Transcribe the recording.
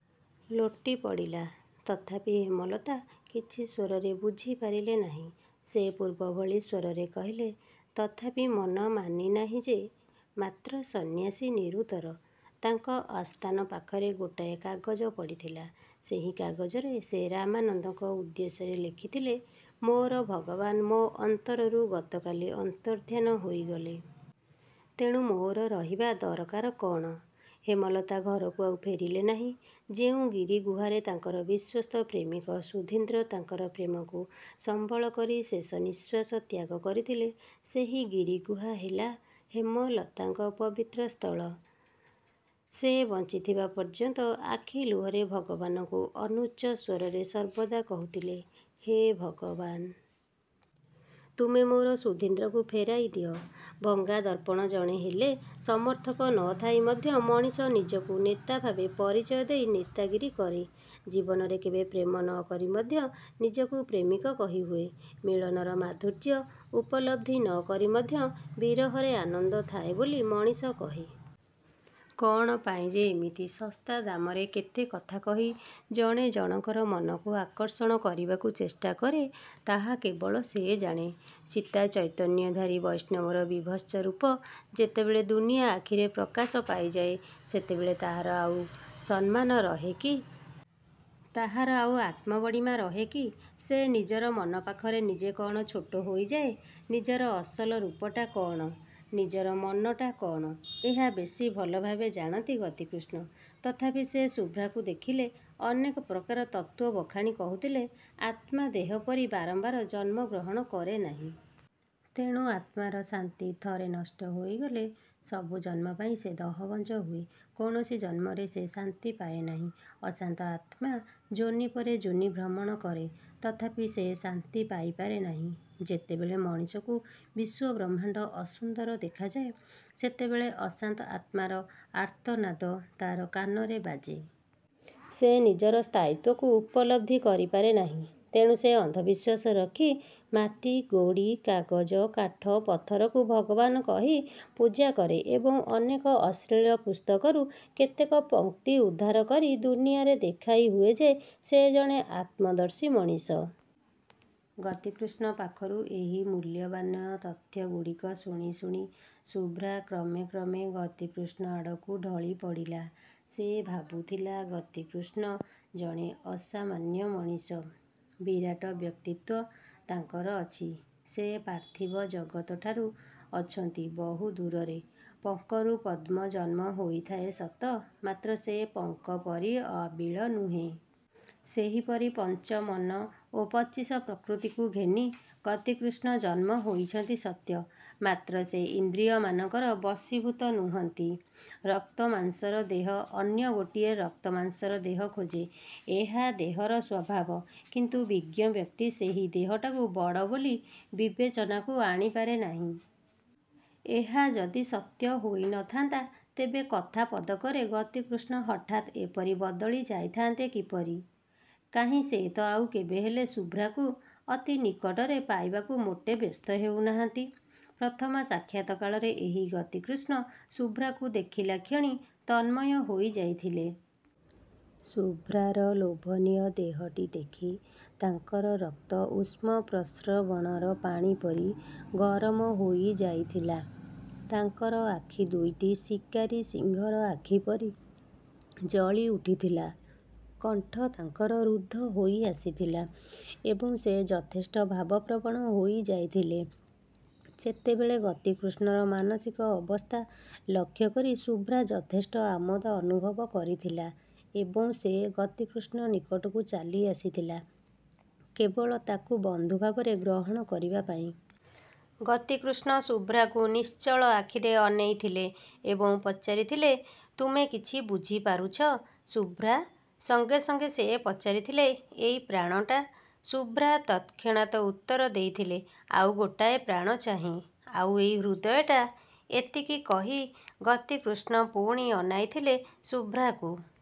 ଲୋଟିପଡ଼ିଲା। ତଥାପି ହେମଲତା କିଛି ବୁଝିପାରିଲେ ନାହିଁ। ସେ ପୂର୍ବ ଭଳି ସ୍ୱରରେ କହିଲେ ''ତଥାପି ମନ ମାନି ନାହିଁ ଯେ '' ମାତ୍ର ସନ୍ୟାସୀ ନିରୁତ୍ତର। ତାଙ୍କ ଆସ୍ଥାନ ପାଖରେ ଗୋଟାଏ କାଗଜ ପଡ଼ିଥିଲା। ସେହି କାଗଜରେ ସେ ରାମାନନ୍ଦଙ୍କ ଉଦ୍ଦେଶ୍ୟରେ ଲେଖିଥିଲେ ''ମୋର ଭଗବାନ ମୋ ଅନ୍ତରରୁ ଗତକାଲି ଅନ୍ତର୍ଦ୍ଧାନ ହୋଇଗଲେ। ତେଣୁ ମୋର ରହିବା ଦରକାର କ'ଣ? '' ହେମଲତା ଘରକୁ ଆଉ ଫେରିଲେ ନାହିଁ। ଯେଉଁ ଗିରି ଗୁହାରେ ତାଙ୍କର ବିଶ୍ୱସ୍ତ ପ୍ରେମିକ ସୁଧୀନ୍ଦ୍ର ତାଙ୍କର ପ୍ରେମକୁ ସମ୍ବଳକରି ଶେଷନିଃଶ୍ୱାସ ତ୍ୟାଗ କରିଥିଲେ ସେହି ଗିରିଗୁହା ହେଲା ହେମଲତାଙ୍କ ପବିତ୍ର ସ୍ଥଳ। ସେ ବଞ୍ଚିଥିବା ପର୍ଯ୍ୟନ୍ତ ଆଖି ଲୁହରେ ଭଗବାନଙ୍କୁ ଅନୁଚ୍ଚସ୍ୱରରେ ସର୍ବଦା କହୁଥିଲେ, ''ହେ ଭଗବାନ! ତୁମେ ମୋର ସୁଧୀନ୍ଦ୍ରକୁ ଫେରାଇଦିଅ। '' ଭଙ୍ଗା ଦର୍ପଣ ଜଣେ ହେଲେ ସମର୍ଥକ ନ ଥାଇ ମଧ୍ୟ ମଣିଷ ନିଜକୁ ନେତାଭାବେ ପରିଚୟ ଦେଇ ନେତାଗିରୀ କରେ। ଜୀବନରେ କେବେ ପ୍ରେମ ନ କରି ମଧ୍ୟ ନିଜକୁ ପ୍ରେମିକ କହିହୁଏ। ମିଳନର ମାଧୁର୍ଯ୍ୟ ଉପଲବ୍ଧି ନ କରି ମଧ୍ୟ ବିରହରେ ଆନନ୍ଦ ଥାଏ ବୋଲି ମଣିଷ କହେ। କ'ଣ ପାଇଁ ଯେ ଏମିତି ଶସ୍ତା ଦାମରେ କେତେ କଥା କହି ଜଣେ ଜଣଙ୍କର ମନକୁ ଆକର୍ଷଣ କରିବାକୁ ଚେଷ୍ଟାକରେ ତାହା କେବଳ ସେ ଜାଣେ। ଚିତାଚୈତନ୍ୟଧାରୀ ବୈଷ୍ଣବର ବିଭତ୍ସରୂପ ଯେତେବେଳେ ଦୁନିଆ ଆଖିରେ ପ୍ରକାଶ ପାଇଯାଏ, ସେତେବେଳେ ତାହାର ଆଉ ସମ୍ମାନ ରହେ କି? ତାହାର ଆଉ ଆତ୍ମବଡ଼ିମା ରହେ କି-? ସେ ନିଜର ମନ ପାଖରେ ନିଜେ କ'ଣ ଛୋଟ ହୋଇଯାଏ ନାହିଁ? ନିଜର ଅସଲ ରୂପଟା କ'ଣ, ନିଜର ମନଟା କ'ଣ, ଏହା ବେଶି ଭଲଭାବେ ଜାଣନ୍ତି ଗତିକୃଷ୍ଣ। ତଥାପି ସେ ଶୁଭ୍ରାକୁ ଦେଖିଲେ ଅନେକ ପ୍ରକାର ତତ୍ତ୍ଵ ବଖାଣି କହୁଥିଲେ, ''ଆତ୍ମା ଦେହପରି ବାରମ୍ବାର ଜନ୍ମଗ୍ରହଣ କରେନାହିଁ। ତେଣୁ ଆତ୍ମାର ଶାନ୍ତି ଥରେ ନଷ୍ଟ ହୋଇଗଲେ ସବୁ ଜନ୍ମପାଇଁ ସେ ଦହଗଞ୍ଜ ହୁଏ। କୌଣସି ଜନ୍ମରେ ସେ ଶାନ୍ତି ପାଏ ନାହିଁ। ଅଶାନ୍ତ ଆତ୍ମା ଯୋନି ପରେ ଯୋନି ଭ୍ରମଣ କରେ। ତଥାପି ସେ ଶାନ୍ତି ପାଇପାରେ ନାହିଁ। ଯେତେବେଳେ ମଣିଷକୁ ବିଶ୍ୱବ୍ରହ୍ମାଣ୍ଡ ଅସୁନ୍ଦର ଦେଖାଯାଏ, ସେତେବେଳେ ଅଶାନ୍ତ ଆତ୍ମାର ଆର୍ତ୍ତନାଦ ତା'ର କାନରେ ବାଜେ। ସେ ନିଜର ସ୍ଥାୟିତ୍ୱକୁ ଉପଲବ୍ଧି କରିପାରେ ନାହିଁ। ତେଣୁ ସେ ଅନ୍ଧବିଶ୍ୱାସ ରଖି ମାଟି, ଗୋଡ଼ି, କାଗଜ, କାଠ, ପଥରକୁ ଭଗବାନ କହି ପୂଜାକରେ ଏବଂ ଅନେକ ଅଶ୍ଳୀଳ ପୁସ୍ତକରୁ କେତେକ ପଂକ୍ତି ଉଦ୍ଧାର କରି ଦୁନିଆରେ ଦେଖାଇହୁଏ ଯେ ସେ ଜଣେ ଆତ୍ମଦର୍ଶୀ ମଣିଷ। '' ଗତିକୃଷ୍ଣ ପାଖରୁ ଏହି ମୂଲ୍ୟବାନ ତଥ୍ୟଗୁଡ଼ିକ ଶୁଣି ଶୁଣି ଶୁଭ୍ରା କ୍ରମେ କ୍ରମେ ଗତିକୃଷ୍ଣ ଆଡ଼କୁ ଢଳିପଡ଼ିଲା। ସେ ଭାବୁଥିଲା, 'ଗତିକୃଷ୍ଣ ଜଣେ ଅସାମାନ୍ୟ ମଣିଷ, ବିରାଟ ବ୍ୟକ୍ତିତ୍ଵ ତାଙ୍କର ଅଛି। ସେ ପାର୍ଥିବ ଜଗତଠାରୁ ଅଛନ୍ତି ବହୁ ଦୂରରେ। ପଙ୍କରୁ ପଦ୍ମ ଜନ୍ମହୋଇଥାଏ ସତ, ମାତ୍ର ସେ ପଙ୍କପରି ଆବିଳ ନୁହେଁ। ସେହିପରି ପଞ୍ଚମନ ଓ ପଚିଶ ପ୍ରକୃତିକୁ ଘେନି ଗତିକୃଷ୍ଣ ଜନ୍ମ ହୋଇଛନ୍ତି ସତ୍ୟ; ମାତ୍ର ସେ ଇନ୍ଦ୍ରିୟମାନଙ୍କର ବଶୀଭୂତ ନୁହନ୍ତି। ରକ୍ତମାଂସର ଦେହ ଅନ୍ୟ ଗୋଟିଏ ରକ୍ତମାଂସର ଦେହ ଖୋଜେ, ଏହା ଦେହର ସ୍ୱଭାବ। କିନ୍ତୁ ବିଜ୍ଞବ୍ୟକ୍ତି ସେହି ଦେହଟାକୁ ବଡ଼ ବୋଲି ବିବେଚନାକୁ ଆଣିପାରେ ନାହିଁ। ଏହା ଯଦି ସତ୍ୟ ହୋଇନଥାନ୍ତା, ତେବେ କଥା ପଦକରେ ଗତିକୃଷ୍ଣ ହଠାତ୍ ଏପରି ବଦଳି ଯାଇଥାନ୍ତେ କିପରି? କାହିଁ ସେ ତ ଆଉ କେବେହେଲେ ଶୁଭ୍ରାକୁ ଅତି ନିକଟରେ ପାଇବାକୁ ମୋଟେ ବ୍ୟସ୍ତ ହେଉନାହାନ୍ତି? ' ପ୍ରଥମ ସାକ୍ଷାତ କାଳରେ ଏହି ଗତିକୃଷ୍ଣ ଶୁଭ୍ରାକୁ ଦେଖିଲାକ୍ଷଣି ତନ୍ମୟ ହୋଇଯାଇଥିଲେ। ଶୁଭ୍ରାର ଲୋଭନୀୟ ଦେହଟି ଦେଖି ତାଙ୍କର ରକ୍ତ ଉଷ୍ମପ୍ରସ୍ରବଣର ପାଣିପରି ଗରମ ହୋଇଯାଇଥିଲା। ତାଙ୍କର ଆଖି ଦୁଇଟି ଶିକାରୀ ସିଂହର ଆଖିପରି ଜଳିଉଠିଥିଲା। କଣ୍ଠ ତାଙ୍କର ରୁଦ୍ଧ ହୋଇଆସିଥିଲା ଏବଂ ସେ ଯଥେଷ୍ଟ ଭାବପ୍ରବଣ ହୋଇଯାଇଥିଲେ। ସେତେବେଳେ ଗତିକୃଷ୍ଣର ମାନସିକ ଅବସ୍ଥା ଲକ୍ଷ୍ୟକରି ଶୁଭ୍ରା ଯଥେଷ୍ଟ ଆମୋଦ ଅନୁଭବ କରିଥିଲା ଏବଂ ସେ ଗତିକୃଷ୍ଣ ନିକଟକୁ ଚାଲିଆସିଥିଲା କେବଳ ତାଙ୍କୁ ବନ୍ଧୁଭାବରେ ଗ୍ରହଣ କରିବା ପାଇଁ। ଗତିକୃଷ୍ଣ ଶୁଭ୍ରାକୁ ନିଶ୍ଚଳ ଆଖିରେ ଅନେଇଥିଲେ ଏବଂ ପଚାରିଥିଲେ ''ତୁମେ କିଛି ବୁଝିପାରୁଛ ଶୁଭ୍ରା? '' ସଙ୍ଗେ ସଙ୍ଗେ ସେ ପଚାରିଥିଲେ, ''ଏଇ ପ୍ରାଣଟା? '' ଶୁଭ୍ରା ତତ୍କ୍ଷଣାତ ଉତ୍ତର ଦେଇଥିଲା, ''ଆଉ ଗୋଟାଏ ପ୍ରାଣ ଚାହେଁ। '' ''ଆଉ ଏଇ ହୃଦୟଟା? '' ଏତିକି କହି ଗତିକୃଷ୍ଣ ପୁଣି ଅନାଇଥିଲେ ଶୁଭ୍ରାକୁ।